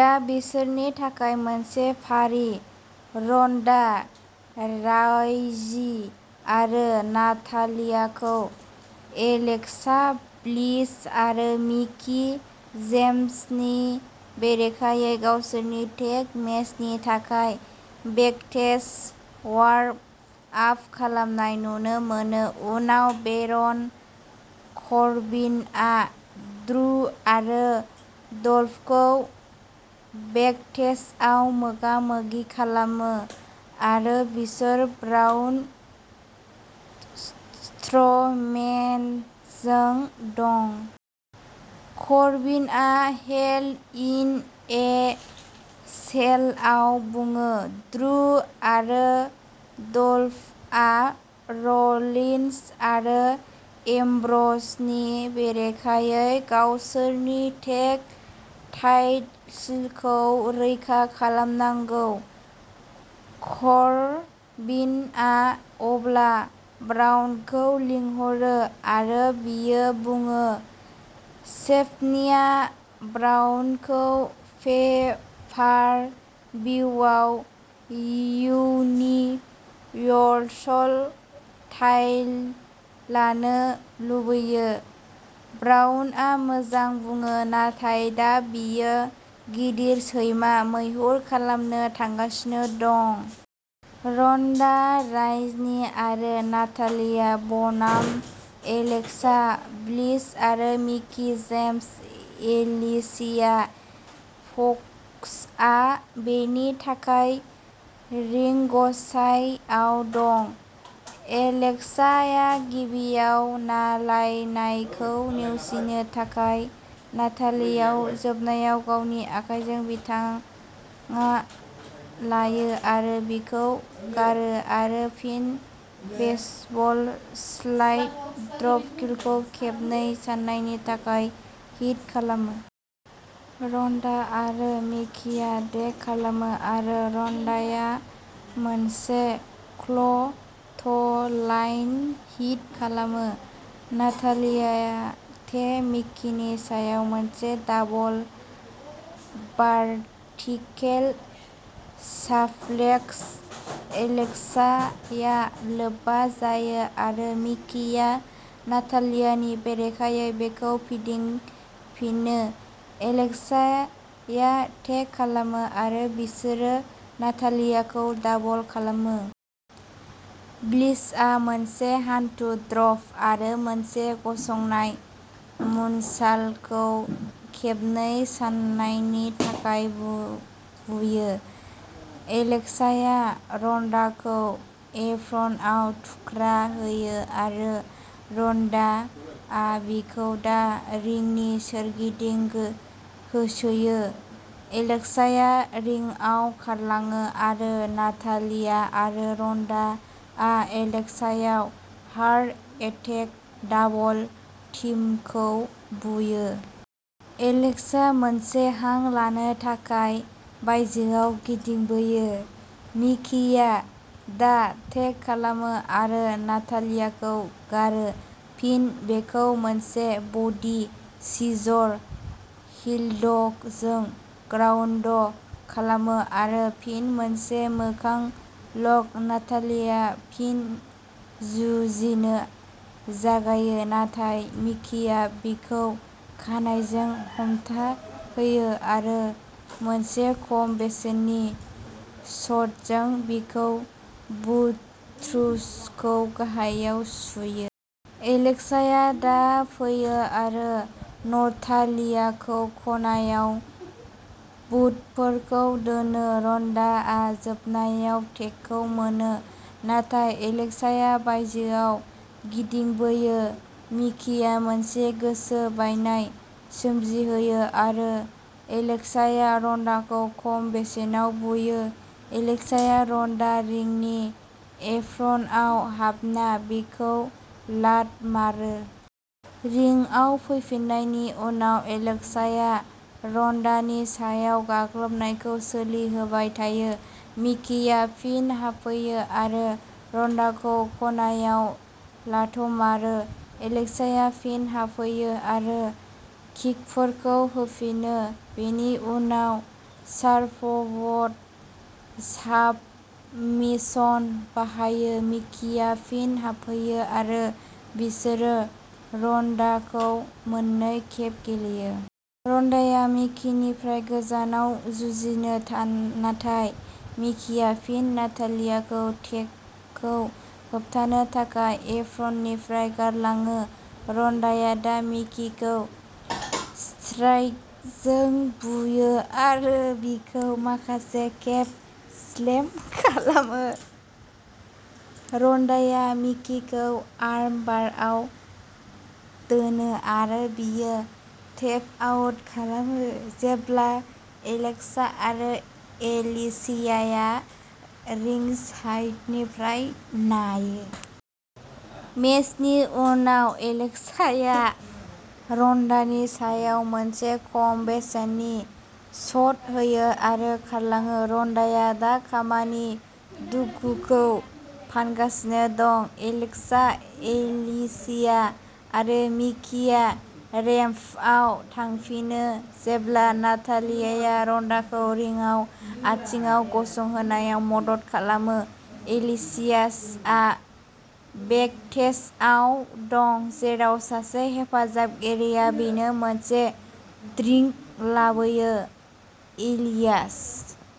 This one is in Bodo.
दा बिसोरनि थाखाय मोनसे फारि। रन्डा राइजी आरो नातालियाखौ एलेक्सा ब्लिस आरो मिकी जेम्सनि बेरेखायै गावसोरनि टेग मेचनि थाखाय बेकटेज वार्म आप खालामनाय नुनो मोनो, उनाव बेरन करबिनआ ड्रू आरो डल्फखौ बेकटेजआव मोगा-मोगि खालामो, आरो बिसोर ब्राउन स्ट्र' मेनजों दं। करबिनआ हेल इन ए सेलआव बुङो, ड्रू आरो डल्फआ र'लिन्स आरो एम्ब्र'जनि बेरेखायै गावसोरनि टेग टाइसोलखौ रैखा खालामनांगौ। करबिनआ अब्ला ब्राउनखौ लिंहरो, आरो बियो बुङो सेफनीआ ब्राउनखौ पे-पार-भिउआव यूनिवर्सल टाइल लानो लुबैयो। ब्राउनआ मोजां बुङो, नाथाय दा बियो गिदिर सैमा मैहुर खालामनो थांगासिनो दं। रन्डा राइनि आरो नातालिया बनाम एलेक्सा ब्लिस आरो मिकी जेम्स एलिसिया फक्सआ बेनि थाखाय रिंगसाइआव दं। एलेक्साआ गिबियाव नालायनायखौ नेवसिनो, थाखाय नातालियाव जोबनायाव गावनि आखाइजों बिथाङा लायो आरो बिखौ गारो आरो फिन बेसबल स्लाइड ड्रपकिकखौ खेबनै साननायनि थाखाय हिट खालामो। रन्डा आरो मिकीआ टेग खालामो आरो रन्डाआ मोनसे क्ल'थलाइन हिट खालामो। नातालियाआ टे मिकीनि सायाव मोनसे दाबल भार्टिकेल साप्लेक्स। एलेक्साया लोब्बा जायो आरो मिकीआ नातालियानि बेरेखायै बेखौ फिदिंफिनो। एलेक्साया टेग खालामो आरो बिसोरो नातालियाखौ दाबल खालामो। ब्लिसआ मोनसे हान्थु ड्रप आरो मोनसे गसंनाय मुनसाल्टखौ खेबनै साननायनि थाखाय बुयो। एलेक्साया रन्डाखौ एप्रनआव थुख्रा होयो, आरो रन्डाआ बिखौ दा रिंनि सोरगिदिं होसोयो। एलेक्साया रिंआव खारलाङो आरो नातालिया आरो रन्डाआ एलेक्सायाव हार्ट एटेक दाबल टीमखौ बुयो। एलेक्सा मोनसे हां लानो थाखाय बायजोआव गिदिंबोयो। मिकीआ दा टेग खालामो आरो नातालियाखौ गारो, फिन बेखौ मोनसे बडी सिजर होल्ड'जों ग्राउन्द' खालामो, आरो फिन मोनसे मोखां लक। नातालियाआ फिन जुजिनो जागायो, नाथाय मिकीआ बिखौ खानाइजों हमथाहोयो आरो मोनसे खम बेसेननि शटजों बिखौ बुट्सखौ गाहायाव सुयो। एलेक्साया दा फैयो आरो नटालियाखौ खनायाव बुटफोरखौ दोनो। रन्डाआ जोबनायाव टेगखौ मोनो, नाथाय एलेक्साया बायजोआव गिदिंबोयो। मिकीया मोनसे गोसो बायनाय सोमजिहोयो आरो एलेक्साया रन्डाखौ खम बेसेनाव बुयो। एलेक्साया रन्डा रिंनि एप्रनआव हाबना बिखौ लात मारो। रिंआव फैफिन्नायनि उनाव, एलेक्साया रन्डानि सायाव गाग्लोबनायखौ सोलिहोबाय थायो। मिकीआ फिन हाबफैयो आरो रन्डाखौ खनायाव लात' मारो। एलेक्साया फिन हाबहैयो आरो किकफोरखौ होफिनो, बेनि उनाव सार्फब'र्ड साबमिशन बाहायो। मिकीआ फिन हाबहैयो आरो बिसोरो रन्डाखौ मोननै खेब गेलेयो। रन्डाया मिकीनिफ्राय गोजानाव जुजिनो थान, नाथाय मिकीआ फिन नातालियाखौ टेगखौ होबथानो थाखाय एप्रननिफ्राय गारलाङो। रन्डाया दा मिकीखौ स्ट्राइकजों बुयो आरो बिखौ माखासे खेब स्लेम खालामो। रन्डाया मिकीखौ आर्म बारआव दोनो आरो बियो टेप आउट खालामो जेब्ला एलेक्सा आरो एलिसियाया रिंसाइडनिफ्राय नायो। मेचनि उनाव, एलेक्साया रन्डानि सायाव मोनसे खम बेसेननि शट होयो आरो खारलाङो। रन्डाया दा खामिनि दुखुखौ फानगासिनो दं। एलेक्सा, एलिसिया आरो मिकीआ रेम्पआव थांफिनो जेब्ला नातालियाया रन्डाखौ रिंआव आथिंआव गसंहोनायाव मदद खालामो। एलिसियासआ बेकटेजआव दं जेराव सासे हेफाजाबगिरिया बिनो मोनसे ड्रिंक लाबोयो। एलियास